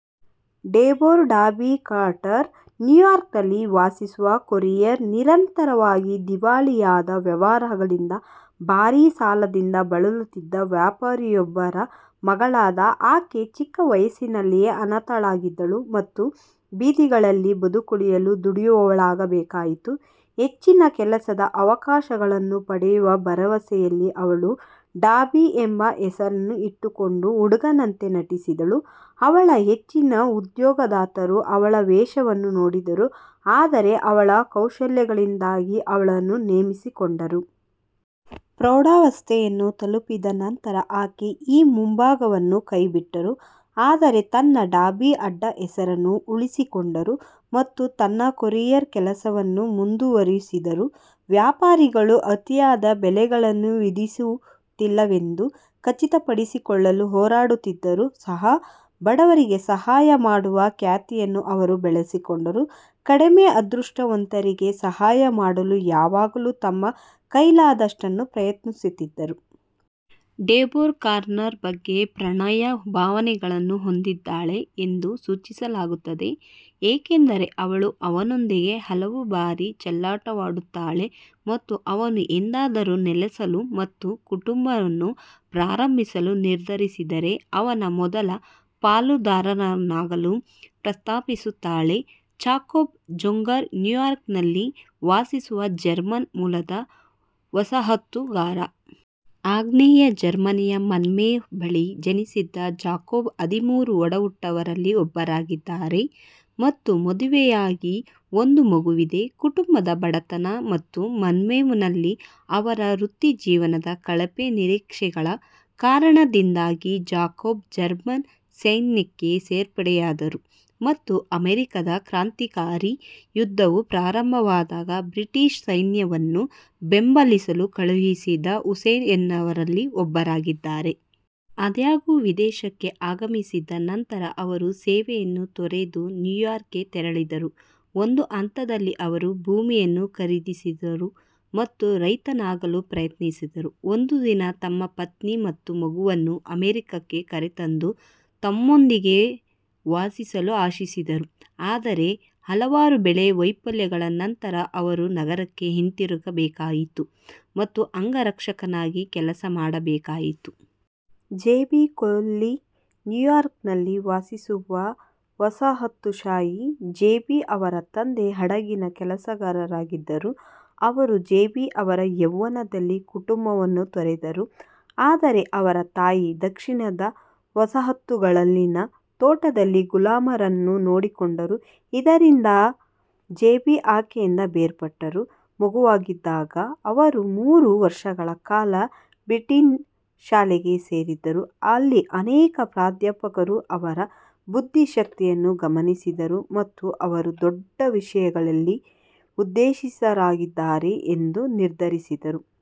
Deborah "Dobby" Carter ನ್ಯೂಯಾರ್ಕ್ನಲ್ಲಿ ವಾಸಿಸುವ courier. ನಿರಂತರವಾಗಿ ದಿವಾಳಿಯಾದ ವ್ಯವಹಾರಗಳಿಂದ ಭಾರೀ ಸಾಲದಿಂದ ಬಳಲುತ್ತಿದ್ದ ವ್ಯಾಪಾರಿಯೊಬ್ಬರ ಮಗಳಾದ ಆಕೆ ಚಿಕ್ಕ ವಯಸ್ಸಿನಲ್ಲಿಯೇ ಅನಾಥಳಾಗಿದ್ದಳು ಮತ್ತು ಬೀದಿಗಳಲ್ಲಿ ಬದುಕುಳಿಯಲು ದುಡಿಯುವವಳಾಗಬೇಕಾಯಿತು. ಹೆಚ್ಚಿನ ಕೆಲಸದ ಅವಕಾಶಗಳನ್ನು ಪಡೆಯುವ ಭರವಸೆಯಲ್ಲಿ ಅವಳು "ಡಾಬಿ" ಎಂಬ ಹೆಸರನ್ನು ಇಟ್ಟುಕೊಂಡು ಹುಡುಗನಂತೆ ನಟಿಸಿದಳು; ಅವಳ ಹೆಚ್ಚಿನ ಉದ್ಯೋಗದಾತರು ಅವಳ ವೇಷವನ್ನು ನೋಡಿದರು, ಆದರೆ ಅವಳ ಕೌಶಲ್ಯಗಳಿಂದಾಗಿ ಅವಳನ್ನು ನೇಮಿಸಿಕೊಂಡರು. ಪ್ರೌಢಾವಸ್ಥೆಯನ್ನು ತಲುಪಿದ ನಂತರ, ಆಕೆ ಈ ಮುಂಭಾಗವನ್ನು ಕೈಬಿಟ್ಟರು, ಆದರೆ ತನ್ನ "ಡಾಬಿ" ಅಡ್ಡಹೆಸರನ್ನು ಉಳಿಸಿಕೊಂಡರು ಮತ್ತು ತನ್ನ ಕೊರಿಯರ್ ಕೆಲಸವನ್ನು ಮುಂದುವರೆಸಿದರು. ವ್ಯಾಪಾರಿಗಳು ಅತಿಯಾದ ಬೆಲೆಗಳನ್ನು ವಿಧಿಸುತ್ತಿಲ್ಲವೆಂದು ಖಚಿತಪಡಿಸಿಕೊಳ್ಳಲು ಹೋರಾಡುತ್ತಿದ್ದರೂ ಸಹ, ಬಡವರಿಗೆ ಸಹಾಯ ಮಾಡುವ ಖ್ಯಾತಿಯನ್ನು ಅವರು ಬೆಳೆಸಿಕೊಂಡರು, ಕಡಿಮೆ ಅದೃಷ್ಟವಂತರಿಗೆ ಸಹಾಯ ಮಾಡಲು ಯಾವಾಗಲೂ ತಮ್ಮ ಕೈಲಾದಷ್ಟು ಪ್ರಯತ್ನಿಸುತ್ತಿದ್ದರು. ಡೆಬೊರಾ ಕಾನರ್ ಬಗ್ಗೆ ಪ್ರಣಯ ಭಾವನೆಗಳನ್ನು ಹೊಂದಿದ್ದಾಳೆ ಎಂದು ಸೂಚಿಸಲಾಗುತ್ತದೆ, ಏಕೆಂದರೆ ಅವಳು ಅವನೊಂದಿಗೆ ಹಲವಾರು ಬಾರಿ ಚೆಲ್ಲಾಟವಾಡುತ್ತಾಳೆ ಮತ್ತು ಅವನು ಎಂದಾದರೂ ನೆಲೆಸಲು ಮತ್ತು ಕುಟುಂಬವನ್ನು ಪ್ರಾರಂಭಿಸಲು ನಿರ್ಧರಿಸಿದರೆ ಅವನ ಮೊದಲ ಪಾಲುದಾರನಾಗಲು ಪ್ರಸ್ತಾಪಿಸುತ್ತಾಳೆ. ಜಾಕೋಬ್ ಝೆಂಗರ್ ನ್ಯೂಯಾರ್ಕ್ನಲ್ಲಿ ವಾಸಿಸುವ ಜರ್ಮನ್ ಮೂಲದ ವಸಾಹತುಗಾರ. ಆಗ್ನೇಯ ಜರ್ಮನಿಯ ಮನ್ಹೈಮ್ ಬಳಿ ಜನಿಸಿದ ಜಾಕೋಬ್ ಹದಿಮೂರು ಒಡಹುಟ್ಟಿದವರಲ್ಲಿ ಒಬ್ಬರಾಗಿದ್ದಾರೆ ಮತ್ತು ಮದುವೆಯಾಗಿ ಒಂದು ಮಗುವಿದೆ. ಕುಟುಂಬದ ಬಡತನ ಮತ್ತು ಮನ್ಹೈಮ್ನಲ್ಲಿ ಅವರ ವೃತ್ತಿಜೀವನದ ಕಳಪೆ ನಿರೀಕ್ಷೆಗಳ ಕಾರಣದಿಂದಾಗಿ, ಜಾಕೋಬ್ ಜರ್ಮನ್ ಸೈನ್ಯಕ್ಕೆ ಸೇರ್ಪಡೆಯಾದರು ಮತ್ತು ಅಮೆರಿಕಾದ ಕ್ರಾಂತಿಕಾರಿ ಯುದ್ಧವು ಪ್ರಾರಂಭವಾದಾಗ, ಬ್ರಿಟಿಷ್ ಸೈನ್ಯವನ್ನು ಬೆಂಬಲಿಸಲು ಕಳುಹಿಸಿದ ಹೆಸ್ಸಿಯನ್ನರಲ್ಲಿ ಒಬ್ಬರಾದರು. ಆದಾಗ್ಯೂ, ವಿದೇಶಕ್ಕೆ ಆಗಮಿಸಿದ ನಂತರ, ಅವರು ಸೇವೆಯನ್ನು ತೊರೆದು ನ್ಯೂಯಾರ್ಕ್ಗೆ ತೆರಳಿದರು. ಒಂದು ಹಂತದಲ್ಲಿ, ಅವರು ಭೂಮಿಯನ್ನು ಖರೀದಿಸಿದರು ಮತ್ತು ರೈತನಾಗಲು ಪ್ರಯತ್ನಿಸಿದರು, ಒಂದು ದಿನ ತಮ್ಮ ಪತ್ನಿ ಮತ್ತು ಮಗನನ್ನು ಅಮೆರಿಕಕ್ಕೆ ಕರೆತಂದು ತಮ್ಮೊಂದಿಗೆ ವಾಸಿಸಲು ಆಶಿಸಿದರು, ಆದರೆ ಹಲವಾರು ಬೆಳೆ ವೈಫಲ್ಯಗಳ ನಂತರ ಅವರು ನಗರಕ್ಕೆ ಹಿಂತಿರುಗಬೇಕಾಯಿತು ಮತ್ತು ಅಂಗರಕ್ಷಕನಾಗಿ ಕೆಲಸ ಮಾಡಬೇಕಾಯಿತು. ಜೇಮೀ ಕೊಲ್ಲಿ ನ್ಯೂಯಾರ್ಕ್ನಲ್ಲಿ ವಾಸಿಸುವ ವಸಾಹತುಶಾಹಿ. ಜೇಮೀ ಅವರ ತಂದೆ ಹಡಗಿನ ಕೆಲಸಗಾರರಾಗಿದ್ದರು, ಅವರು ಜೇಮೀ ಅವರ ಯೌವನದಲ್ಲಿ ಕುಟುಂಬವನ್ನು ತೊರೆದರು, ಆದರೆ ಅವರ ತಾಯಿ ದಕ್ಷಿಣದ ವಸಾಹತುಗಳಲ್ಲಿನ ತೋಟದಲ್ಲಿ ಗುಲಾಮರನ್ನು ನೋಡಿಕೊಂಡರು, ಇದರಿಂದಾಗಿ ಜೇಮೀ ಆಕೆಯಿಂದ ಬೇರ್ಪಟ್ಟರು. ಮಗುವಾಗಿದ್ದಾಗ, ಅವರು ಮೂರು ವರ್ಷಗಳ ಕಾಲ ಟ್ರಿನಿಟಿ ಶಾಲೆಗೆ ಸೇರಿದರು, ಅಲ್ಲಿ ಅನೇಕ ಪ್ರಾಧ್ಯಾಪಕರು ಅವರ ಬುದ್ಧಿಶಕ್ತಿಯನ್ನು ಗಮನಿಸಿದರು ಮತ್ತು ಅವರು "ದೊಡ್ಡ ವಿಷಯಗಳಿಗೆ ಉದ್ದೇಶಿತರಾಗಿದ್ದಾರೆ" ಎಂದು ನಿರ್ಧರಿಸಿದರು.